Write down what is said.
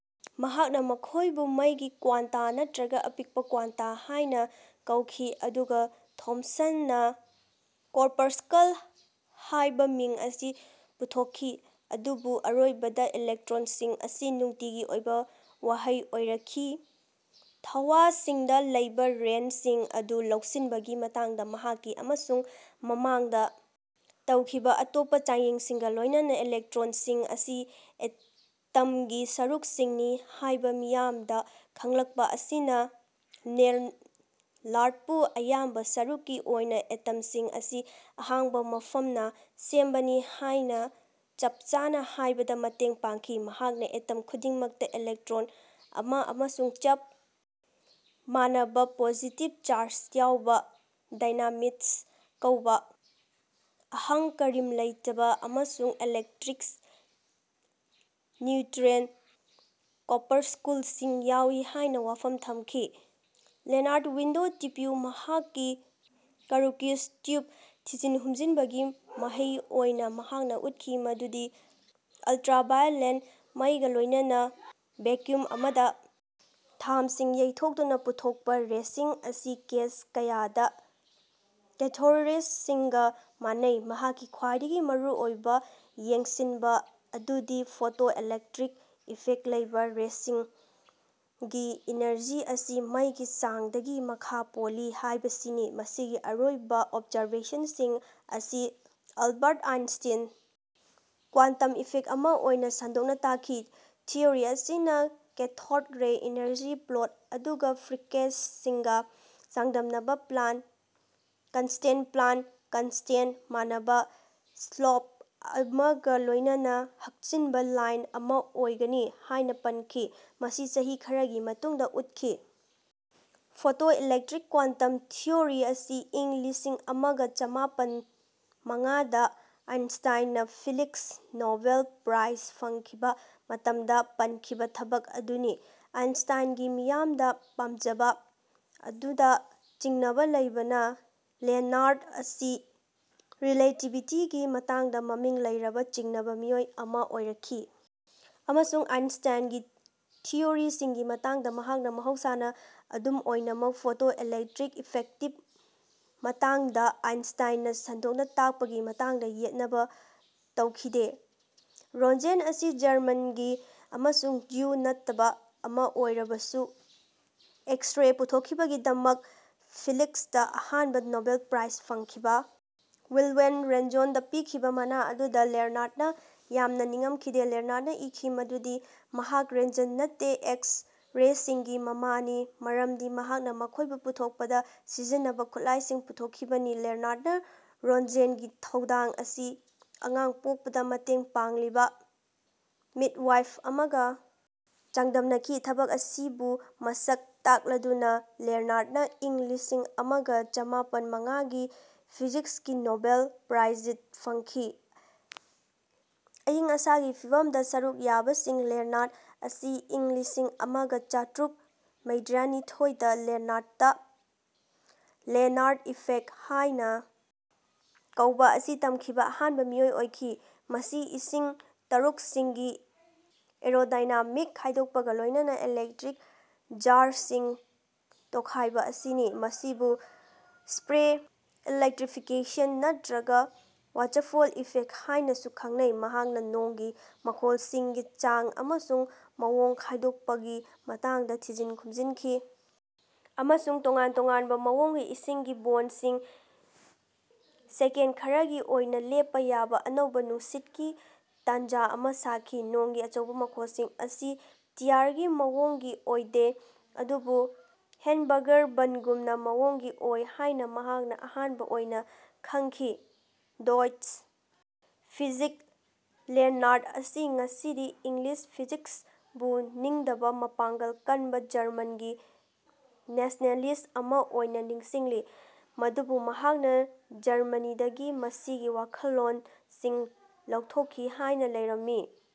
ꯃꯍꯥꯛꯅ ꯃꯈꯣꯏꯕꯨ ꯃꯩꯒꯤ ꯀ꯭ꯋꯥꯟꯇꯥ ꯅꯠꯇ꯭ꯔꯒ ꯑꯄꯤꯛꯄ ꯀ꯭ꯋꯥꯟꯇꯥ ꯍꯥꯏꯅ ꯀꯧꯈꯤ ꯑꯗꯨꯒ ꯊꯣꯝꯁꯟꯅ ꯀꯣꯔꯄꯁꯀꯜꯁ ꯍꯥꯏꯕ ꯃꯤꯡ ꯑꯁꯤ ꯄꯨꯊꯣꯛꯈꯤ, ꯑꯗꯨꯕꯨ ꯑꯔꯣꯏꯕꯗ ꯏꯂꯦꯛꯇ꯭ꯔꯣꯟꯁꯤꯡ ꯑꯁꯤ ꯅꯨꯡꯇꯤꯒꯤ ꯑꯣꯏꯕ ꯋꯥꯍꯩ ꯑꯣꯏꯔꯛꯈꯤ꯫ ꯙꯥꯋꯁꯤꯡꯗ ꯂꯩꯕ ꯔꯦꯟꯁꯤꯡ ꯑꯗꯨ ꯂꯧꯁꯤꯟꯕꯒꯤ ꯃꯇꯥꯡꯗ ꯃꯍꯥꯛꯀꯤ ꯑꯃꯁꯨꯡ ꯃꯃꯥꯡꯗ ꯇꯧꯈꯤꯕ ꯑꯇꯣꯞꯄ ꯆꯥꯡꯌꯦꯡꯁꯤꯡꯒ ꯂꯣꯏꯅꯅꯥ, ꯏꯂꯦꯛꯇ꯭ꯔꯣꯟꯁꯤꯡ ꯑꯁꯤ ꯑꯦꯇꯝꯒꯤ ꯁꯔꯨꯛꯁꯤꯡꯅꯤ ꯍꯥꯏꯕ ꯃꯤꯌꯥꯝꯗ ꯈꯪꯂꯛꯄ ꯑꯁꯤꯅ ꯅꯦꯜꯅꯥꯔ꯭ꯗꯕꯨ ꯑꯌꯥꯝꯕ ꯁꯔꯨꯛꯀꯤ ꯑꯣꯏꯅ ꯑꯦꯇꯣꯝꯁꯤꯡ ꯑꯁꯤ ꯑꯍꯥꯡꯕ ꯃꯐꯝꯅ ꯁꯦꯝꯕꯅꯤ ꯍꯥꯏꯅ ꯆꯞꯆꯥꯅ ꯍꯥꯏꯕꯗ ꯃꯇꯦꯡ ꯄꯥꯡꯈꯤ꯫ ꯃꯍꯥꯛꯅ ꯑꯦꯇꯝ ꯈꯨꯗꯤꯡꯃꯛꯇ ꯏꯂꯦꯛꯇ꯭ꯔꯣꯟ ꯑꯃꯥ ꯑꯃꯁꯨꯡ ꯆꯞ ꯃꯥꯟꯅꯕ ꯄꯣꯖꯤꯇꯤꯕ ꯆꯥꯔꯖ ꯌꯥꯎꯕ "ꯗꯥꯏꯅꯥꯃꯤꯗꯁ"ꯀꯧꯕ ꯑꯍꯥꯡ ꯀꯔꯤꯝ ꯂꯩꯇꯕ ꯑꯃꯁꯨꯡ ꯏꯂꯦꯛꯇ꯭ꯔꯤꯛꯂꯤ ꯅ꯭ꯌꯨꯇꯔꯦꯜ ꯀꯣꯔꯄꯁꯀꯨꯜꯁꯤꯡ ꯌꯥꯎꯏ ꯍꯥꯏꯅ ꯋꯥꯐꯝ ꯊꯝꯈꯤ꯫ ꯂꯦꯅꯥꯔ꯭ꯗ ꯋꯤꯟꯗꯣ ꯇ꯭ꯌꯨꯞ ꯃꯍꯥꯛꯀꯤ ꯀꯔꯨꯀꯤꯁ ꯇ꯭ꯌꯨꯞ ꯊꯤꯖꯤꯟ-ꯍꯨꯝꯖꯤꯟꯕꯒꯤ ꯃꯍꯩ ꯑꯣꯏꯅ, ꯃꯍꯥꯛꯅ ꯎꯠꯈꯤ ꯃꯗꯨꯗꯤ ꯑꯜꯇ꯭ꯔꯥꯚꯥꯏꯑꯣꯂꯦꯠ ꯃꯩꯒ ꯂꯣꯏꯅꯅ ꯚꯀ꯭ꯌꯨꯝ ꯑꯃꯗ ꯙꯥꯝꯁꯤꯡ ꯌꯩꯊꯣꯛꯇꯨꯅ ꯄꯨꯊꯣꯛꯄ ꯔꯦꯁꯤꯡ ꯑꯁꯤ ꯀꯦꯁ ꯀꯌꯥꯗ ꯀꯦꯊꯣꯗ ꯔꯦꯁꯤꯡꯒ ꯃꯥꯟꯅꯩ꯫ ꯃꯍꯥꯛꯀꯤ ꯈ꯭ꯋꯥꯏꯗꯒꯤ ꯃꯔꯨꯑꯣꯏꯕ ꯌꯦꯡꯁꯤꯟꯕ ꯑꯗꯨꯗꯤ ꯐꯣꯇꯣ ꯏꯂꯦꯛꯇ꯭ꯔꯤꯛ ꯏꯐꯦꯛ ꯂꯩꯕ ꯔꯦꯁꯤꯡꯒꯤ ꯏꯅꯔꯖꯤ ꯑꯁꯤ ꯃꯩꯒꯤ ꯆꯥꯡꯗꯒꯤ ꯃꯈꯥ ꯄꯣꯜꯂꯤ ꯍꯥꯏꯕꯁꯤꯅꯤ꯫ ꯃꯁꯤꯒꯤ ꯑꯔꯣꯏꯕ ꯑꯣꯞꯖꯔꯕꯦꯁꯟꯁꯤꯡ ꯑꯁꯤ ꯑꯜꯕꯥꯔꯠ ꯑꯥꯏꯟꯁꯇꯤꯟ ꯀ꯭ꯋꯥꯟꯇꯝ ꯏꯐꯦꯛ ꯑꯃ ꯑꯣꯏꯅ ꯁꯟꯗꯣꯛꯅ ꯇꯥꯛꯈꯤ꯫ ꯊꯤꯑꯣꯔꯤ ꯑꯁꯤꯅ ꯀꯦꯊꯣꯗ ꯔꯦ ꯏꯅꯔꯖꯤꯒꯤ ꯄ꯭ꯂꯣꯠ ꯑꯗꯨꯒ ꯐ꯭ꯔꯤꯀ꯭ꯌꯦꯟꯁꯤꯒ ꯆꯥꯡꯗꯝꯅꯕꯗ ꯄ꯭ꯂꯥꯟ ꯀꯟꯁꯇꯦꯟꯄ꯭ꯂꯥꯟ ꯀꯟꯁꯇꯦꯟ, ꯃꯥꯟꯅꯕ ꯁ꯭ꯂꯣꯞ ꯑꯃꯒ ꯂꯣꯏꯅꯅ ꯍꯛꯆꯤꯟꯕ ꯂꯥꯏꯟ ꯑꯃ ꯑꯣꯏꯒꯅꯤ ꯍꯥꯏꯅ ꯄꯥꯟꯈꯤ꯫ ꯃꯁꯤ ꯆꯍꯤ ꯈꯔꯒꯤ ꯃꯇꯨꯡꯗ ꯎꯠꯈꯤ꯫ ꯐꯣꯇꯣ-ꯏꯂꯦꯛꯇ꯭ꯔꯤꯛ ꯀ꯭ꯋꯥꯟꯇꯝ ꯊꯤꯑꯣꯔꯤ ꯑꯁꯤ ꯏꯪ ꯂꯤꯁꯤꯡ ꯑꯃꯒ ꯆꯥꯃꯄꯟꯃꯉꯥꯗ ꯑꯥꯏꯟꯁꯇꯥꯢꯟꯅ ꯐꯤꯖꯤꯛꯁ ꯅꯣꯕꯦꯜ ꯄ꯭ꯔꯥꯏꯖ ꯐꯪꯈꯤꯕ ꯃꯇꯝꯗ ꯄꯟꯈꯤꯕ ꯊꯕꯛ ꯑꯗꯨꯅꯤ꯫ ꯑꯥꯏꯟꯁꯇꯥꯏꯟꯒꯤ ꯃꯤꯌꯥꯝꯗ ꯄꯥꯝꯖꯕ ꯑꯗꯨꯗ ꯆꯤꯡꯅꯕ ꯂꯩꯕꯅ, ꯂꯦꯅꯥꯔ꯭ꯗ ꯑꯁꯤ ꯔꯤꯂꯦꯇꯤꯚꯤꯇꯤꯒꯤ ꯃꯇꯥꯡꯗ ꯃꯃꯤꯡ ꯂꯩꯔꯕ ꯆꯤꯡꯅꯕ ꯃꯤꯑꯣꯏ ꯑꯃ ꯑꯣꯏꯔꯛꯈꯤ ꯑꯃꯁꯨꯡ ꯑꯥꯏꯟꯁꯇꯥꯢꯟꯒꯤ ꯊꯤꯑꯣꯔꯤꯁꯤꯡꯒꯤ ꯃꯇꯥꯡꯗ ꯃꯍꯥꯛꯅ ꯃꯍꯧꯁꯥꯅ ꯑꯗꯨꯝ ꯑꯣꯏꯅꯃꯛ ꯐꯣꯇꯣ ꯏꯂꯦꯛꯇ꯭ꯔꯤꯛ ꯏꯐꯦꯛꯇꯤꯞ ꯃꯇꯥꯡꯗ ꯑꯥꯏꯟꯁꯇꯥꯢꯟꯅ ꯁꯟꯗꯣꯛꯅ ꯇꯥꯛꯄꯒꯤ ꯃꯇꯥꯡꯗ ꯌꯦꯠꯅꯕ ꯇꯧꯈꯤꯗꯦ꯫ ꯔꯣꯟꯖꯦꯟ ꯑꯁꯤ ꯖꯔꯃꯟꯅꯤ ꯑꯃꯁꯨꯡ ꯖ꯭ꯌꯨ ꯅꯠꯇꯕ ꯑꯃ ꯑꯣꯏꯔꯕꯁꯨ, ꯑꯦꯛꯁ-ꯔꯦ ꯄꯨꯊꯣꯛꯈꯤꯕꯒꯤꯗꯃꯛ, ꯐꯤꯖꯤꯛꯁꯇ ꯑꯍꯥꯟꯕ ꯅꯣꯕꯦꯜ ꯄ꯭ꯔꯥꯏꯖ ꯐꯪꯈꯤꯕ, ꯋꯤꯜꯍꯦꯜ ꯔꯣꯟꯖꯦꯟꯗ ꯄꯤꯈꯤꯕ ꯃꯅꯥ ꯑꯗꯨꯗ ꯂꯦꯅꯥꯔ꯭ꯗꯅ ꯌꯥꯝꯅ ꯅꯤꯡꯉꯝꯈꯤ꯫ ꯂꯦꯅꯥꯔ꯭ꯗꯅ ꯏꯈꯤ ꯃꯗꯨꯗꯤ ꯃꯍꯥꯛ ꯔꯣꯟꯖꯦꯟ ꯅꯠꯇꯦ, "ꯑꯦꯛꯁ-ꯔꯦꯁꯤꯡꯒꯤ ꯃꯃꯥ"ꯅꯤ ꯃꯔꯝꯗꯤ ꯃꯍꯥꯛꯅ ꯃꯈꯣꯏꯕꯨ ꯄꯨꯊꯣꯛꯄꯗ ꯁꯤꯖꯤꯟꯅꯕ ꯈꯨꯠꯂꯥꯏꯁꯤꯡ ꯄꯨꯊꯣꯛꯈꯤꯕꯅꯤ꯫ ꯂꯦꯅꯥꯔ꯭ꯗꯅ ꯔꯣꯟꯖꯦꯟꯒꯤ ꯊꯧꯗꯥꯡ ꯑꯁꯤ ꯑꯉꯥꯡ ꯄꯣꯛꯄꯗ ꯃꯇꯦꯡ ꯄꯥꯡꯂꯤꯕ "ꯃꯤꯗꯋꯥꯏꯐ" ꯑꯃꯒ ꯆꯥꯡꯗꯝꯅꯈꯤ꯫ ꯊꯕꯛ ꯑꯁꯤꯕꯨ ꯃꯁꯛ ꯇꯥꯛꯂꯗꯨꯅ ꯂꯦꯅꯥꯔ꯭ꯗꯅ ꯏꯪ ꯂꯤꯁꯤꯡ ꯑꯃꯒ ꯆꯥꯃꯄꯟ ꯃꯉꯥꯒꯤ ꯐꯤꯖꯤꯛꯁꯀꯤ ꯅꯣꯕꯦꯜ ꯄ꯭ꯔꯥꯏꯖ ꯐꯪꯈꯤ꯫ ꯑꯏꯪ ꯑꯁꯥꯒꯤ ꯐꯤꯕꯝꯗ ꯁꯔꯨꯛ ꯌꯥꯕꯁꯤꯡ ꯂꯦꯅꯥꯔ꯭ꯗ ꯑꯁꯤ ꯏꯪ ꯂꯤꯁꯤꯡ ꯑꯃꯒ ꯆꯥꯇ꯭ꯔꯨꯛ ꯃꯩꯗ꯭ꯔꯥꯅꯤꯊꯣꯢ the Lenard "the Lenard effect" ꯍꯥꯏꯅ ꯀꯧꯕ ꯑꯁꯤ ꯇꯝꯈꯤꯕ ꯑꯍꯥꯟꯕ ꯃꯤꯑꯣꯏ ꯑꯣꯏꯈꯤ꯫ ꯃꯁꯤ ꯏꯁꯤꯡ ꯇꯥꯔꯣꯛꯁꯤꯡꯒꯤ ꯑꯦꯔꯣꯗꯥꯏꯅꯥꯃꯤꯛ ꯈꯥꯏꯗꯣꯛꯄꯒ ꯂꯣꯏꯅꯅ ꯏꯂꯦꯛꯇ꯭ꯔꯤꯛ ꯆꯥꯔꯖꯁꯤꯡ ꯇꯣꯈꯥꯏꯕ ꯑꯁꯤꯅꯤ꯫ ꯃꯁꯤꯕꯨ ꯁ꯭ꯄꯔꯦ ꯏꯂꯦꯛꯇ꯭ꯔꯤꯐꯤꯀ꯭ꯌꯦꯁꯟ ꯅꯠꯇ꯭ꯔꯒ ꯋꯥꯇꯔꯐꯣꯜ ꯏꯐꯦꯛ ꯍꯥꯏꯅꯁꯨ ꯈꯪꯅꯩ꯫ ꯃꯍꯥꯛꯅ ꯅꯣꯡꯒꯤ ꯃꯈꯣꯟꯁꯤꯡꯒꯤ ꯆꯥꯡ ꯑꯃꯁꯨꯡ ꯃꯑꯣꯡ ꯈꯥꯏꯗꯣꯛꯄꯒꯤ ꯃꯇꯥꯡꯗ ꯊꯤꯖꯤꯟ-ꯈꯨꯝꯖꯤꯟꯈꯤ ꯑꯃꯁꯨꯡ ꯇꯣꯉꯥꯟ-ꯇꯣꯉꯥꯟꯕ ꯃꯑꯣꯡꯒꯤ ꯏꯁꯤꯡꯒꯤ ꯕꯣꯟꯁꯤꯡ ꯁꯦꯀꯦꯟ ꯈꯔꯒꯤ ꯑꯣꯏꯅ ꯂꯦꯞꯄ ꯌꯥꯕ ꯑꯅꯧꯕ ꯅꯨꯡꯁꯤꯠꯀꯤ ꯇꯥꯟꯖ ꯑꯃ ꯁꯥꯈꯤ꯫ ꯅꯣꯡꯒꯤ ꯑꯆꯧꯕ ꯃꯈꯣꯟꯁꯤꯡ ꯑꯁꯤ ꯇꯤꯌꯔꯒꯤ ꯃꯑꯣꯡꯒꯤ ꯑꯣꯏꯗꯦ, ꯑꯗꯨꯕꯨ ꯍꯦꯝꯕꯔꯒꯔ ꯕꯟꯒꯨꯝꯅ ꯃꯑꯣꯡꯒꯤ ꯑꯣꯏ ꯍꯥꯏꯅ ꯃꯍꯥꯛꯅ ꯑꯍꯥꯟꯕ ꯑꯣꯏꯅ ꯈꯪꯈꯤ꯫ ꯗꯣꯏꯆ ꯐꯤꯖꯤꯛ ꯂꯦꯅꯥꯔ꯭ꯗ ꯑꯁꯤ ꯉꯁꯤꯗꯤ "ꯏꯪꯂꯤꯁ ꯐꯤꯖꯤꯛꯁ"ꯕꯨ ꯅꯤꯡꯗꯕ ꯃꯄꯥꯡꯒꯜ ꯀꯟꯕ ꯖꯔꯃꯟꯒꯤ ꯅꯦꯁꯅꯦꯂꯤꯁ ꯑꯃꯥ ꯑꯣꯏꯅ ꯅꯤꯡꯁꯤꯡꯂꯤ, ꯃꯗꯨꯕꯨ ꯃꯍꯥꯛꯅ ꯖꯔꯃꯅꯤꯗꯒꯤ ꯃꯁꯤꯒꯤ ꯋꯥꯈꯜꯂꯣꯟꯁꯤꯡ ꯂꯧꯊꯣꯛꯈꯤ ꯍꯥꯏꯅ ꯂꯩꯔꯝꯃꯤ꯫"